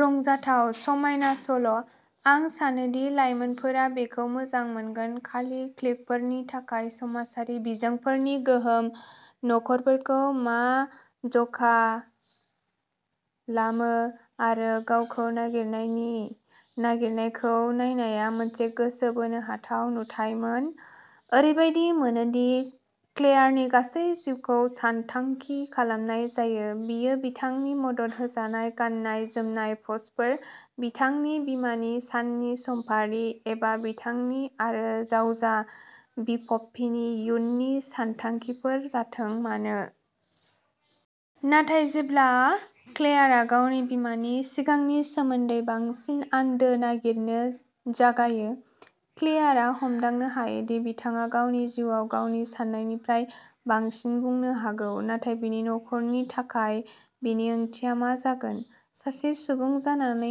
रंजाथाव, समायना सल'। आं सानोदि लाइमोनफोरा बेखौ मोजां मोनगोन। खालि क्लिकफोरनि थाखाय समाजारि बिजोंफोरनि गोहोम, नखरफोरखौ मा ज'खालामो, आरो गावखौ नागिरनायनि नागिरनायखौ नायनाया मोनसे गोसो बोनो हाथाव नुथायमोन। ओरैबायदि मोनोदि क्लेयारनि गासै जिउखौ सानथांखि खालामनाय जायो, बेयो बिथांनि मदद होजानाय गाननाय-जोमनाय पस्टफोर, बिथांनि बिमानि साननि समफारि, एबा बिथांनि आरो जावजा बिब'पपिनि इयुननि सानथांखिफोर जाथों मानो। नाथाय जेब्ला क्लेयारआ गावनि बिमानि सिगांनि सोमोन्दै बांसिन आन्दो नागिरनो जागायो, क्लेयारआ हमदांनो हायो दि बिथाङा गावनि जिउआव गावनि सान्नायनिफ्राय बांसिन बुंनो हागौ। नाथाय बिनि नखरनि थाखाय बेनि ओंथिया मा जागोन? सासे सुबुं जानानै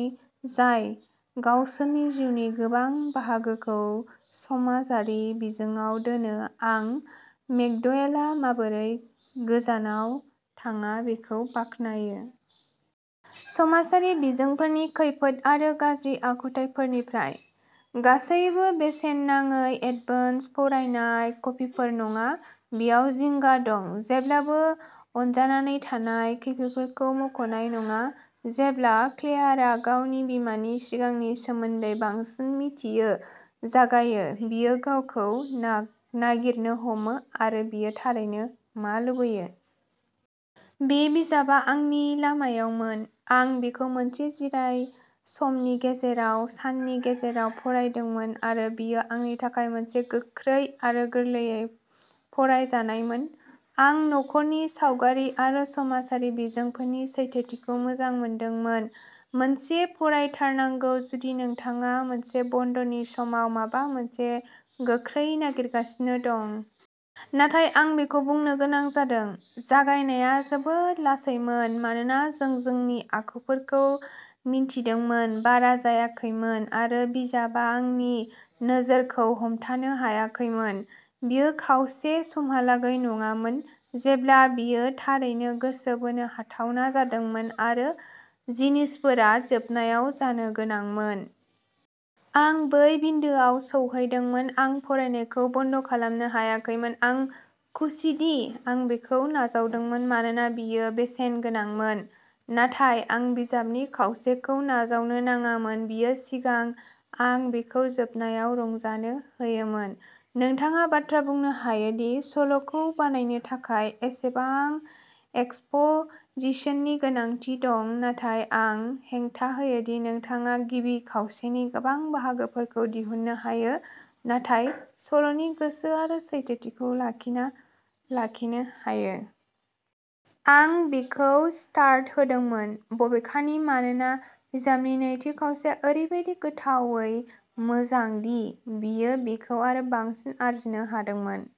जाय गावसोरनि जिउनि गोबां बाहागोखौ समाजारि बिजोंआव दोनो, आं मेकड'वेलआ माबोरै गोजानाव थाङा बेखौ बाख्नायो। समाजारि बिजोंफोरनि खैफोद आरो गाज्रि आखुथायफोरनिफ्राय। गासैबो बेसेन नाङै एडभान्स फरायनाय कपिफोर नङा, बेयाव जिंगा दं, जेब्लाबो'अन'जानानै थानाय, खैफोदफोरखौ मुंख'नाय नङा। जेब्ला क्लेयारआ गावनि बिमानि सिगांनि सोमोन्दै बांसिन मिथिनो जागायो, बियो गावखौ नागिरनो हमो, आरो बियो थारैनो मा लुबैयो। बे बिजाबआ आंनि लामायावमोन! आं बेखौ मोनसे जिरायसमनि गेजेराव साननि गेजेराव फरायदोंमोन आरो बेयो आंनि थाखाय मोनसे गोख्रै आरो गोरलैयै फरायजानायमोन! आं नखरनि सावगारि आरो समाजारि बिजोंफोरनि सैथोथिखौ मोजां मोनदोंमोन। मोनसे फरायथारनांगौ जुदि नोंथाङा मोनसे बन्द'नि समाव माबा मोनसे गोख्रै नागिरगासिनो दं! नाथाय आं बेखौ बुंनो गोनां जादोंः जागायनाया जोबोद लासैमोन मानोना जों जोंनि आखुफोरखौ मिन्थिदोंमोन। बारा जायाखैमोन, आरो बिजाबआ आंनि नोजोरखौ हमथानो हायाखैमोन। बेयो खावसे समहालागै नङामोन जेब्ला बेयो थारैनो गोसो बोनो हाथावना जादोंमोन आरो जिनिसफोरा जोबनायाव जानो गोनांमोन। आं बै बिन्दोआव सौहैदोंमोन, आं फरायनायखौ बन्द'खालामनो हायाखैमोन। आं खुसिदि आं बेखौ नाजावदोंमोन मानोना बेयो बेसेनगोनांमोन, नाथाय आं बिजाबनि खावसेखौ नाजावनो नाङामोन बेनि सिगां आं बेखौ जोबनायाव रंजानो हायोमोन। नोंथाङा बाथ्रा बुंनो हायोदि सल'खौ बानायनो थाखाय एसेबां एक्सप'जिशननि गोनांथि दं, नाथाय आं हेंथा होयो दि नोंथाङा गिबि खावसेनि गोबां बाहागोफोरखौ दिहुननो हायो, नाथाय सल'नि गोसो आरो सैथोथिखौ लाखिना लाखिनो हायो। आं बेखौ स्टार होदोंमोन, बबेखानि, मानोना बिजाबनि नैथि खावसेया ओरैबायदि गोथावै मोजां दि बेयो बेखौ आरो बांसिन आर्जिनो हादोंमोन।